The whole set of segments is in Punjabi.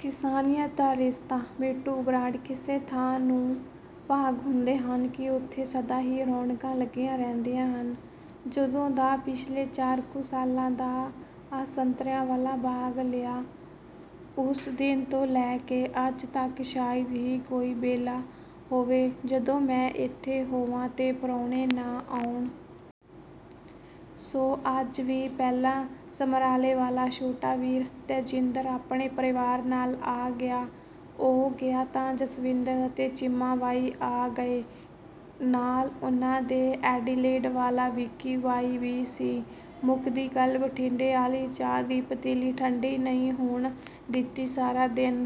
ਕਿਸਾਨੀਅਤ ਦਾ ਰਿਸ਼ਤਾ – ਮਿੰਟੂ ਬਰਾੜ: ਕਿਸੇ ਥਾਂ ਨੂੰ ਭਾਗ ਹੁੰਦੇ ਹਨ ਕਿ ਉੱਥੇ ਸਦਾ ਹੀ ਰੌਣਕਾਂ ਲੱਗੀਆਂ ਰਹਿੰਦੀਆਂ ਹਨ। ਜਦੋਂ ਦਾ ਪਿਛਲੇ ਚਾਰ ਕੁ ਸਾਲਾਂ ਦਾ ਆਹ ਸੰਤਰਿਆਂ ਵਾਲਾ ਬਾਗ਼ ਲਿਆ, ਉਸ ਦਿਨ ਤੋਂ ਲੈ ਕੇ ਅੱਜ ਤੱਕ ਸ਼ਾਇਦ ਹੀ ਕੋਈ ਵੇਲਾ ਹੋਵੇ, ਜਦੋਂ ਮੈਂ ਇੱਥੇ ਹੋਵਾਂ ਤੇ ਪ੍ਰਾਹੁਣੇ ਨਾ ਆਉਣ। ਸੋ ਅੱਜ ਵੀ ਪਹਿਲਾਂ ਸਮਰਾਲੇ ਵਾਲਾ ਛੋਟਾ ਵੀਰ ਤੇਜਿੰਦਰ ਆਪਣੇ ਪਰਿਵਾਰ ਨਾਲ ਆ ਗਿਆ। ਉਹ ਗਿਆ ਤਾਂ ਜਸਵਿੰਦਰ ਅਤੇ ਚੀਮਾ ਬਾਈ ਆ ਗਏ। ਨਾਲ ਉਹਨਾਂ ਦੇ ਐਡੀਲੇਡ ਵਾਲਾ ਵਿਕੀ ਬਾਈ ਵੀ ਸੀ। ਮੁੱਕਦੀ ਗੱਲ, ਬਠਿੰਡੇ ਆਲ਼ੀ ਚਾਹ ਦੀ ਪਤੀਲੀ ਠੰਢੀ ਨਹੀਂ ਹੋਣ ਦਿੱਤੀ ਸਾਰਾ ਦਿਨ।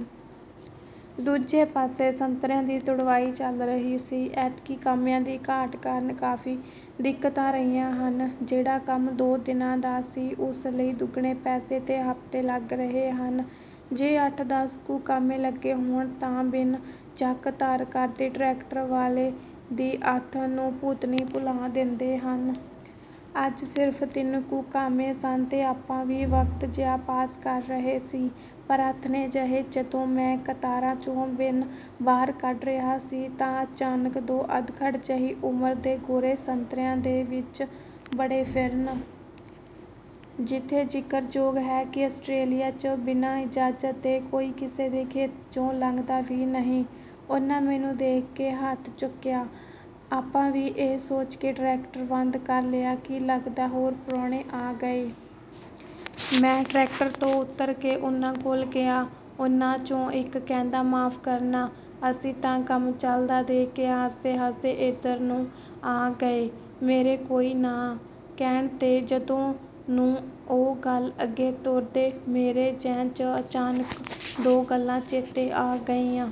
ਦੂਜੇ ਪਾਸੇ ਸੰਤਰਿਆਂ ਦੀ ਤੁੜਵਾਈ ਚੱਲ ਰਹੀ ਸੀ। ਐਤਕੀਂ ਕਾਮਿਆਂ ਦੀ ਘਾਟ ਕਾਰਨ ਕਾਫ਼ੀ ਦਿੱਕਤਾਂ ਰਹੀਆਂ ਹਨ। ਜਿਹੜਾ ਕੰਮ ਦੋ ਦਿਨਾਂ ਦਾ ਸੀ, ਉਸ ਲਈ ਦੁੱਗਣੇ ਪੈਸੇ ਤੇ ਹਫ਼ਤੇ ਲੱਗ ਰਹੇ ਹਨ। ਜੇ ਅੱਠ-ਦੱਸ ਕੁ ਕਾਮੇ ਲੱਗੇ ਹੋਣ ਤਾਂ ਬਿੰਨ ਚੱਕ-ਧਰ ਕਰਦੇ ਟਰੈਕਟਰ ਵਾਲੇ ਦੀ ਆਥਣ ਨੂੰ ਭੂਤਨੀ ਭੂਲਾ ਦਿੰਦੇ ਹਨ। ਅੱਜ ਸਿਰਫ਼ ਤਿੰਨ ਕੁ ਕਾਮੇ ਸਨ ਤੇ ਆਪਾਂ ਵੀ ਵਕਤ ਜਿਹਾ ਪਾਸ ਕਰ ਰਹੇ ਸੀ। ਪਰ ਆਥਣੇ ਜਿਹੇ, ਜਦੋਂ ਮੈਂ ਕਤਾਰਾਂ 'ਚੋਂ ਬਿੰਨ ਬਾਹਰ ਕੱਢ ਰਿਹਾ ਸੀ, ਤਾਂ ਅਚਾਨਕ ਦੋ ਅਧਖੜ ਜਿਹੀ ਉਮਰ ਦੇ ਗੋਰੇ ਸੰਤਰਿਆਂ ਦੇ ਵਿਚ ਵੜੇ ਫਿਰਨ। ਇੱਥੇ ਜ਼ਿਕਰਯੋਗ ਹੈ ਕਿ ਆਸਟ੍ਰੇਲੀਆ 'ਚ ਬਿਨਾਂ ਇਜਾਜ਼ਤ ਦੇ ਕੋਈ ਕਿਸੇ ਦੇ ਖੇਤ 'ਚੋਂ ਲੰਘਦਾ ਵੀ ਨਹੀਂ। ਉਹਨਾਂ ਮੈਨੂੰ ਦੇਖ ਕੇ ਹੱਥ ਚੱਕਿਆ। ਆਪਾਂ ਵੀ ਇਹ ਸੋਚ ਕੇ ਟਰੈਕਟਰ ਬੰਦ ਕਰ ਲਿਆ ਕਿ ਲਗਦਾ ਹੋਰ ਪ੍ਰਾਹੁਣੇ ਆ ਗਏ! ਮੈਂ ਟਰੈਕਟਰ ਤੋਂ ਉੱਤਰ ਕੇ ਉਹਨਾਂ ਕੋਲ ਗਿਆ। ਉਹਨਾਂ 'ਚੋਂ ਇਕ ਕਹਿੰਦਾ, "ਮਾਫ਼ ਕਰਨਾ, ਅਸੀਂ ਤਾਂ ਕੰਮ ਚਲਦਾ ਦੇਖ ਕੇ ਹੱਸਦੇ-ਹੱਸਦੇ ਏਧਰ ਨੂੰ ਆ ਗ ਏ।" ਮੇਰੇ "ਕੋਈ ਨਾ" ਕਹਿਣ ਤੇ, ਜਦੋਂ ਨੂੰ ਉਹ ਗੱਲ ਅੱਗੇ ਤੋਰਦੇ, ਮੇਰੇ ਜ਼ਿਹਨ 'ਚ ਅਚਾਨਕ ਦੋ ਗੱਲਾਂ ਚੇਤੇ ਆ ਗਈਆਂ।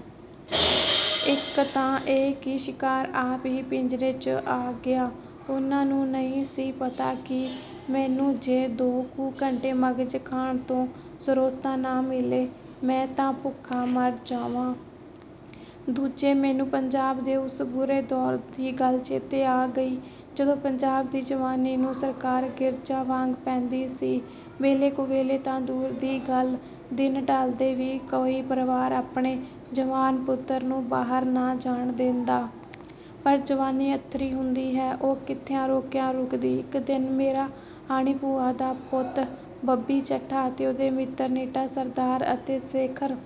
ਇਕ ਤਾਂ ਇਹ ਕਿ ਸ਼ਿਕਾਰ ਆਪ ਹੀ ਪਿੰਜਰੇ 'ਚ ਆ ਗਿਆ। ਉਹਨਾਂ ਨੂੰ ਨਹੀਂ ਸੀ ਪਤਾ ਕਿ ਮੈਨੂੰ ਜੇ ਦੋ ਕੁ ਘੰਟੇ ਮਗ਼ਜ਼ ਖਾਣ ਨੂੰ ਸਰੋਤਾ ਨਾ ਮਿਲੇ, ਮੈਂ ਤਾਂ ਭੁੱਖਾ ਮਰ ਜਾਵਾਂ। ਦੂਜੇ, ਮੈਨੂੰ ਪੰਜਾਬ ਦੇ ਉਸ ਬੁਰੇ ਦੌਰ ਦੀ ਗੱਲ ਚੇਤੇ ਆ ਗਈ, ਜਦੋਂ ਪੰਜਾਬ ਦੀ ਜਵਾਨੀ ਨੂੰ ਸਰਕਾਰ ਗਿਰਝਾਂ ਵਾਂਗ ਪੈਂਦੀ ਸੀ। ਵੇਲੇ-ਕੁਵੇਲੇ ਤਾਂ ਦੂਰ ਦੀ ਗੱਲ, ਦਿਨ ਢਲਦੇ ਵੀ ਕੋਈ ਪਰਿਵਾਰ ਆਪਣੇ ਜਵਾਨ ਪੁੱਤਰ ਨੂੰ ਬਾਹਰ ਨਾ ਜਾਣ ਦਿੰਦਾ। ਪਰ ਜਵਾਨੀ ਅੱਥਰੀ ਹੁੰਦੀ ਹੈ, ਉਹ ਕਿੱਥੇ ਰੋਕਿਆਂ ਰੁਕਦੀ। ਇਕ ਦਿਨ ਮੇਰਾ ਹਾਣੀ ਭੂਆ ਦਾ ਪੁੱਤ ਬੱਬੀ ਚੱਠਾ ਅਤੇ ਉਹਦੇ ਮਿੱਤਰ ਨੀਟਾ ਸਰਦਾਰ ਅਤੇ ਸ਼ੇਖਰ...